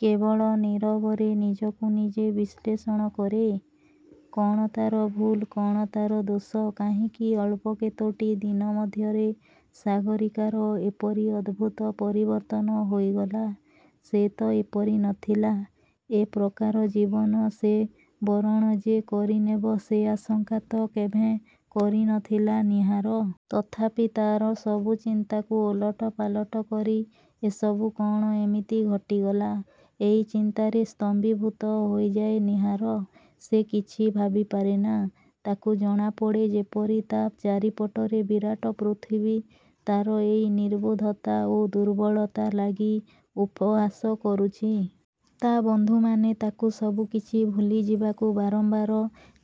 କେବଳ ନୀରବରେ ନିଜକୁ ନିଜେ ବିଶ୍ଳେଷଣ କରେ-। କ'ଣ ତା'ର ଭୁଲ୍। କ'ଣ ତା'ର ଦୋଷ? କାହିଁକି ଅଳ୍ପ କେତୋଟି ଦିନ ମଧ୍ୟରେ ସାଗରୀକାର ଏପରି ଅଦ୍ଭୁତ ପରିବର୍ତ୍ତନ ହୋଇଗଲା। ସେ ତ ଏପରି ନଥିଲା-ଏ ପ୍ରକାର ଜୀବନ ସେ ବରଣ ଯେ କରିନେବ ସେ ଆଶଙ୍କା ତ କେଭେଁ କରିନଥିଲା ନୀହାର। ତଥାପି ତା'ର ସବୁ ଚିନ୍ତାକୁ ଓଲଟ ପାଲଟ କରି ଏସବୁ କ'ଣ ଏମିତି ଘଟିଗଲା। ଏଇ ଚିନ୍ତାରେ ସ୍ତମ୍ଭୀଭୂତ ହୋଇଯାଏ ନୀହାର। ସେ କିଛି ଭାବି ପାରେନା। ତାକୁ ଜଣାପଡ଼େ ଯେପରି ତା' ଚାରିପଟର ବିରାଟ ପୃଥିବୀ ତା'ର ଏଇ ନିର୍ବୋଧତା ଓ ଦୁର୍ବଳତା ଲାଗି ଉପହାସ କରୁଛି। ତା' ବନ୍ଧୁମାନେ ତାକୁ ସବୁ କିଛି ଭୁଲିଯିବାକୁ ବାରମ୍ବାର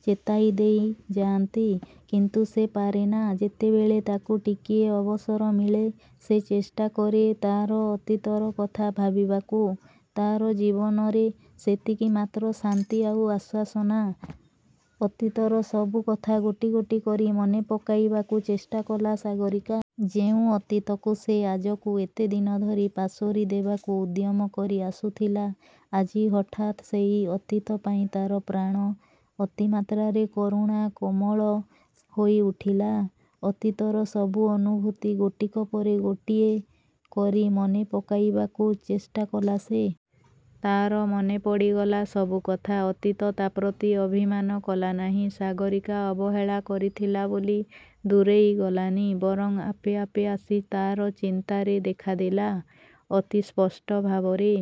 ଚେତାଇ ଦେଇ ଯାଆନ୍ତି। କିନ୍ତୁ ସେ ପାରେନା। ଯେତେବେଳେ ତାକୁ ଟିକିଏ ଅବସର ମିଳେ ସେ ଚେଷ୍ଟା କରେ ତା'ର ଅତୀତର କଥା ଭାବିବାକୁ। ତା'ର ଜୀବନରେ ସେତିକି ମାତ୍ର ଶାନ୍ତି ଆଉ ଆଶ୍ୱାସନା। ଅତୀତର ସବୁ କଥା ଗୋଟି ଗୋଟି କରି ମନେ ପକାଇବାକୁ ଚେଷ୍ଟା କଲା ସାଗରୀକା-। ଯେଉଁ ଅତୀତକୁ ସେ ଆଜକୁ ଏତେ ଦିନ ଧରି ପାସୋରି ଦେବାକୁ ଉଦ୍ୟମ କରି ଆସୁଥିଲା, ଆଜି ହଠାତ୍ ସେଇ ଅତୀତ ପାଇଁ ତା'ର ପ୍ରାଣ ଅତିମାତ୍ରାରେ କରୁଣା କୋମଳ ହୋଇ ଉଠିଲା-। ଅତୀତର ସବୁ ଅନୁଭୂତି ଗୋଟିକ ପରେ ଗୋଟିଏ କରି ମନେ ପକାଇବାକୁ ଚେଷ୍ଟା କଲା ସେ-। ତା'ର ମନେପଡ଼ିଗଲା ସବୁ କଥା। ଅତୀତ ତା'ପ୍ରତି ଅଭିମାନ କଲା ନାହିଁ-ସାଗରୀକା ଅବହେଳା କରିଥିଲା ବୋଲି ଦୂରେଇ ଗଲାନି। ବରଂ ଆପେ ଆପେ ଆସି ତା'ର ଚିନ୍ତାରେ ଦେଖାଦେଲା, ଅତି ସ୍ପଷ୍ଟ ଭାବରେ।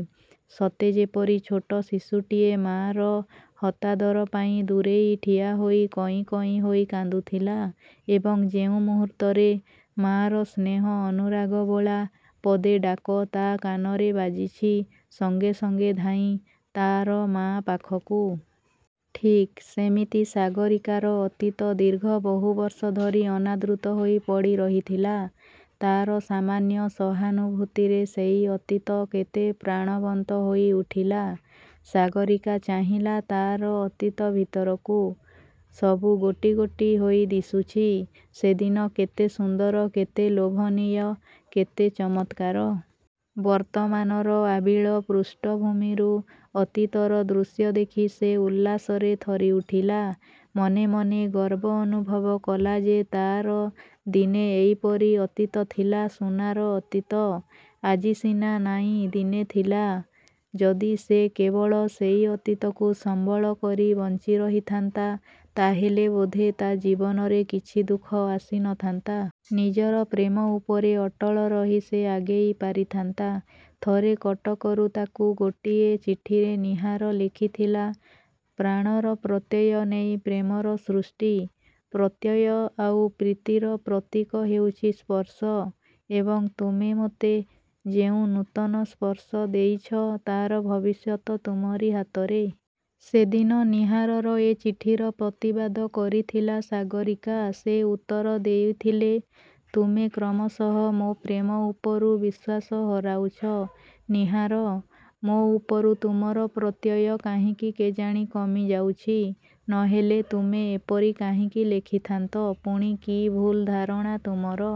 ସତେ ଯେପରି ଛୋଟ ଶିଶୁଟିଏ ମା'ର ହତାଦର ପାଇଁ ଦୂରରେ ଠିଆହୋଇ କଇଁ କଇଁ ହୋଇ କାନ୍ଦୁଥିଲା; ଏବଂ ଯେଉଁ ମୁହୂର୍ତ୍ତରେ ମା'ର ସ୍ନେହ ଅନୁରାଗ ବୋଳା ପଦେ ଡାକ ତା' କାନରେ ବାଜିଛି; ସଙ୍ଗେ ସଙ୍ଗେ ଧାଇଁ ତା'ର ମା' ପାଖକୁ। ଠିକ୍। ସେମିତି ସାଗରୀକାର ଅତୀତ ଦୀର୍ଘ ବହୁବର୍ଷ ଧରି ଅନାଦୃତ ହୋଇ ପଡ଼ିରହିଥିଲା; ତା'ର ସାମାନ୍ୟ ସହାନୁଭୂତିରେ ସେଇ ଅତୀତ କେତେ ପ୍ରାଣବନ୍ତ ହୋଇ ଉଠିଲା। ସାଗରୀକା ଚାହିଁଲା ତା'ର ଅତୀତ ଭିତରକୁ। ସବୁ ଗୋଟି ଗୋଟି ହୋଇ ଦିଶୁଛି। ସେଦିନ କେତେ ସୁନ୍ଦର-କେତେ ଲୋଭନୀୟ-କେତେ ଚମତ୍କାର-। ବର୍ତ୍ତମାନର ଆବିଳ-ପୃଷ୍ଠ ଭୂମିରୁ ଅତୀତର ଦୃଶ୍ୟ ଦେଖି ସେ ଉଲ୍ଲାସରେ ଥରିଉଠିଲା-। ମନେମନେ ଗର୍ବ ଅନୁଭବ କଲା ଯେ ତା'ର ଦିନେ ଏଇପରି ଅତୀତ ଥିଲା-ସୁନାର ଅତୀତ। ଆଜି ସିନା ନାଇଁ-ଦିନେ ଥିଲା। ଯଦି ସେ କେବଳ ସେଇ ଅତୀତକୁ ସମ୍ବଳ କରି ବଞ୍ଚିରହିଥାନ୍ତା; ତା'ହେଲେ ବୋଧେ ତା' ଜୀବନରେ କିଛି ଦୁଃଖ ଆସିନଥାନ୍ତା। ନିଜର ପ୍ରେମ ଉପରେ ଅଟଳ ରହି ସେ ଆଗେଇ ପାରିଥାନ୍ତା। ଥରେ କଟକରୁ ତାକୁ ଗୋଟିଏ ଚିଠିରେ ନୀହାର ଲେଖିଥିଲା-''ପ୍ରାଣର-ପ୍ରତ୍ୟୟ ନେଇ ପ୍ରେମର ସୃଷ୍ଟି। ପ୍ରତ୍ୟୟ ଆଉ ପ୍ରୀତିର ପ୍ରତିକ ହେଉଛି ସ୍ପର୍ଶ। ଏବଂ ତୁମେ ମୋତେ ଯେଉଁ ନୂତନ ସ୍ପର୍ଶ ଦେଇଛ ତା'ର ଭବିଷ୍ୟତ ତୁମରି ହାତରେ। '' ସେଦିନ ନୀହାରର ଏ ଚିଠିର ପ୍ରତିବାଦ କରିଥିଲା ସାଗରୀକା-ସେ ଉତ୍ତର ଦେଇଥିଲେ-''ତୁମେ କ୍ରମଶଃ ମୋ ପ୍ରେମ ଉପରୁ ବିଶ୍ୱାସ ହରାଉଛ ନୀହାର-ମୋ ଉପରୁ ତୁମର ପ୍ରତ୍ୟୟ କାହିଁକି କେଜାଣି କମି ଯାଉଛି। ନ ହେଲେ ତୁମେ ଏପରି କାହିଁକି ଲେଖିଥାନ୍ତ? ପୁଣି କି ଭୁଲ୍ ଧାରଣା ତୁମର।